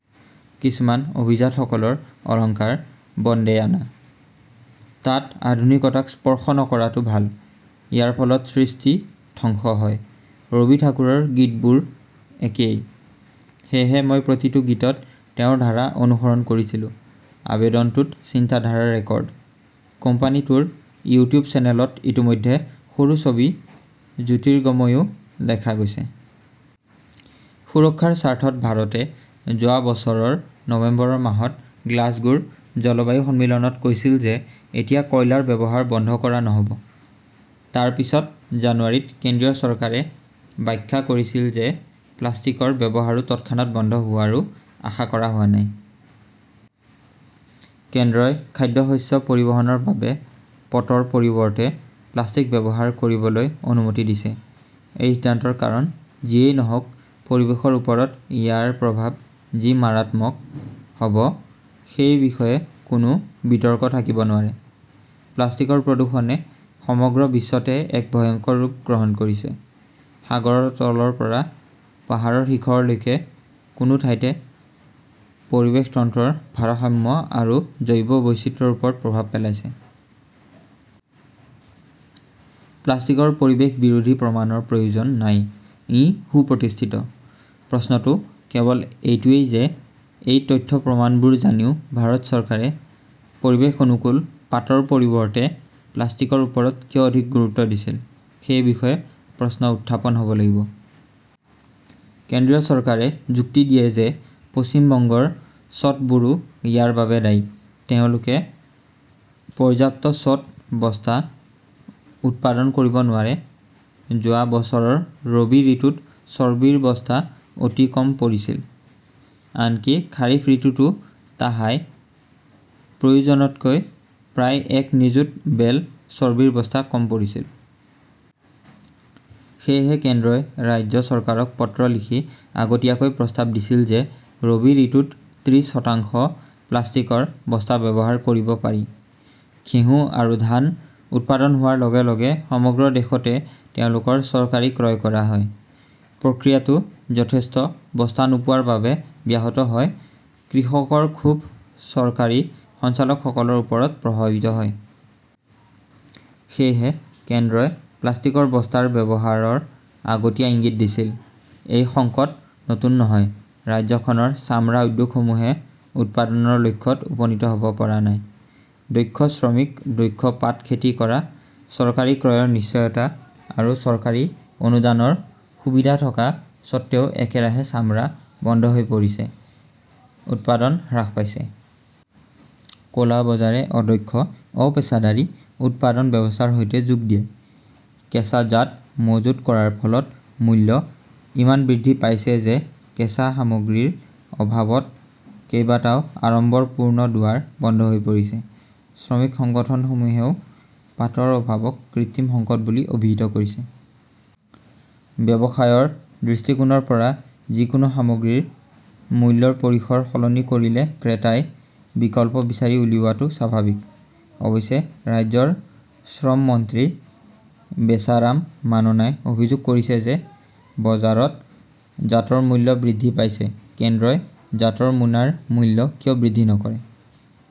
কিছুমান অভিজাতসকলৰ অলংকাৰ বনদেয়ানা। তাত আধুনিকতাক স্পৰ্শ নকৰাটো ভাল। ইয়াৰ ফলত সৃষ্টি ধ্বংস হয়। ৰবি ঠাকুৰৰ গীতবোৰো একেই। সেয়েহে মই প্ৰতিটো গীতত তেওঁৰ ধাৰা অনুসৰণ কৰিছিলো। আবেদনটোত চিন্তাধাৰাৰ ৰেকৰ্ড। কোম্পানীটোৰ ইউটিউব চেনেলত ইতিমধ্যে সৰু ছবি জ্যোতিৰ্গাময়ো দেখা গৈছে। সুৰক্ষাৰ স্বাৰ্থত ভাৰতে যোৱা বছৰৰ নৱেম্বৰ মাহত গ্লাছগোৰ জলবায়ু সন্মিলনত কৈছিল যে এতিয়া কয়লাৰ ব্যৱহাৰ বন্ধ কৰা নহ'ব। তাৰ পিছত জানুৱাৰীত কেন্দ্ৰীয় চৰকাৰে ব্যাখ্যা কৰিছিল যে প্লাষ্টিকৰ ব্যৱহাৰো তৎক্ষণাত বন্ধ হোৱাৰ আশা কৰা হোৱা নাই। কেন্দ্ৰই খাদ্যশস্য পৰিবহণৰ বাবে পাটৰ পৰিৱৰ্তে প্লাষ্টিক ব্যৱহাৰ কৰিবলৈ অনুমতি দিছে। এই সিদ্ধান্তৰ কাৰণ যিয়েই নহওঁক, পৰিৱেশৰ ওপৰত ইয়াৰ প্ৰভাৱ যি মাৰাত্মক হ 'ব সেই বিষয়ে কোনো বিতৰ্ক থাকিব নোৱাৰে। প্লাষ্টিকৰ প্ৰদূষণে সমগ্ৰ বিশ্বতে এক ভয়ংকৰ ৰূপ গ্ৰহণ কৰিছে, সাগৰৰ তলৰ পৰা পাহাৰৰ শিখৰলৈকে সকলো ঠাইতে পৰিৱেশ তন্ত্ৰৰ ভাৰসাম্য আৰু জৈৱ বৈচিত্ৰ্যৰ ওপৰত প্ৰভাৱ পেলাইছে। প্লাষ্টিকৰ পৰিৱেশ বিৰোধী প্ৰমাণৰ প্ৰয়োজন নাই, ই সুপ্ৰতিষ্ঠিত। প্ৰশ্নটো কেৱল এইটোৱেই যে এই তথ্য-প্ৰমাণবোৰ জানিও ভাৰত চৰকাৰে পৰিৱেশ অনুকূল পাটৰ পৰিৱৰ্তে প্লাষ্টিকৰ ওপৰত কিয় অধিক গুৰুত্ব দিছিল সেই বিষয়ে প্ৰশ্ন উত্থাপন হ'ব লাগিব। কেন্দ্ৰীয় চৰকাৰে যুক্তি দিয়ে যে পশ্চিম বংগৰ চ'টবোৰ ইয়াৰ বাবে দায়ী, তেওঁলোকে পৰ্যাপ্ত চ'ট বস্তা উৎপাদন কৰিব নোৱাৰে। যোৱা বছৰৰ ৰবি ঋতুত চৰ্বিৰ বস্তা অতি কম পৰিছিল, আনকি খাৰিফ ঋতুতো তাহাই-প্ৰয়োজনতকৈ প্ৰায় এক নিযুত বেল চৰ্বিৰ বস্তা কম পৰিছিল। সেয়েহে কেন্দ্ৰই ৰাজ্য চৰকাৰক পত্ৰ লিখি আগতীয়াকৈ প্ৰস্তাৱ দিছিল যে ৰবি ঋতুত ত্ৰিশ শতাংশ প্লাষ্টিকৰ বস্তা ব্যৱহাৰ কৰিব পাৰি। ঘেঁহু আৰু ধান উৎপাদন হোৱাৰ লগে - লগে সমগ্ৰ দেশতে তেওঁলোকৰ চৰকাৰী ক্ৰয় কৰা হয়, প্ৰক্ৰিয়াটো যথেষ্ট বস্তা নোপোৱাৰ বাবে ব্যাহত হয়, কৃষকৰ ক্ষোভ চৰকাৰী সঞ্চালকসকলৰ ওপৰত প্ৰভাৱিত হয়। সেয়েহে কেন্দ্ৰই প্লাষ্টিকৰ বস্তাৰ ব্যৱহাৰৰ আগতীয়া ইংগিত দিছিল। এই সংকট নতুন নহয়। ৰাজ্যখনৰ চামৰা উদ্যোগসমূহে উৎপাদনৰ লক্ষ্যত উপনীত হ'ব পৰা নাই। দক্ষ শ্ৰমিক, দক্ষ পাট খেতি কৰা, চৰকাৰী ক্ৰয়ৰ নিশ্চয়তা আৰু চৰকাৰী অনুদানৰ সুবিধা থকা স্বত্বেও একেৰাহে চামৰা বন্ধ হৈ পৰিছে, উৎপাদন হ্ৰাস পাইছে। ক'লা বজাৰে অদক্ষ, অপেচাদাৰী উৎপাদন ব্যৱস্থাৰ সৈতে যোগ দিয়ে। কেঁচা জাট মজুত কৰাৰ ফলত মূল্য ইমান বৃদ্ধি পাইছে যে কেঁচা সামগ্ৰীৰ অভাৱত কেইবাটাও আড়ম্বৰপূৰ্ণ দুৱাৰ বন্ধ হৈ পৰিছে। শ্ৰমিক সংগঠনসমূহেও পাটৰ অভাৱক কৃত্ৰিম সংকট বুলি অভিহিত কৰিছে। ব্যৱসায়ৰ দৃষ্টিকোণৰ পৰা যিকোনো সামগ্ৰীৰ মূল্যৰ পৰিসৰ সলনি কৰিলে ক্ৰেতাই বিকল্প বিচাৰি উলিওৱাটো স্বাভাৱিক। অৱশ্যে ৰাজ্যৰ শ্ৰম মন্ত্ৰী বেচাৰাম মাননাই অভিযোগ কৰিছে যে বজাৰত জাটৰ মূল্য বৃদ্ধি পাইছে, কেন্দ্ৰই জাটৰ মোনাৰ মূল্য কিয় বৃদ্ধি নকৰে।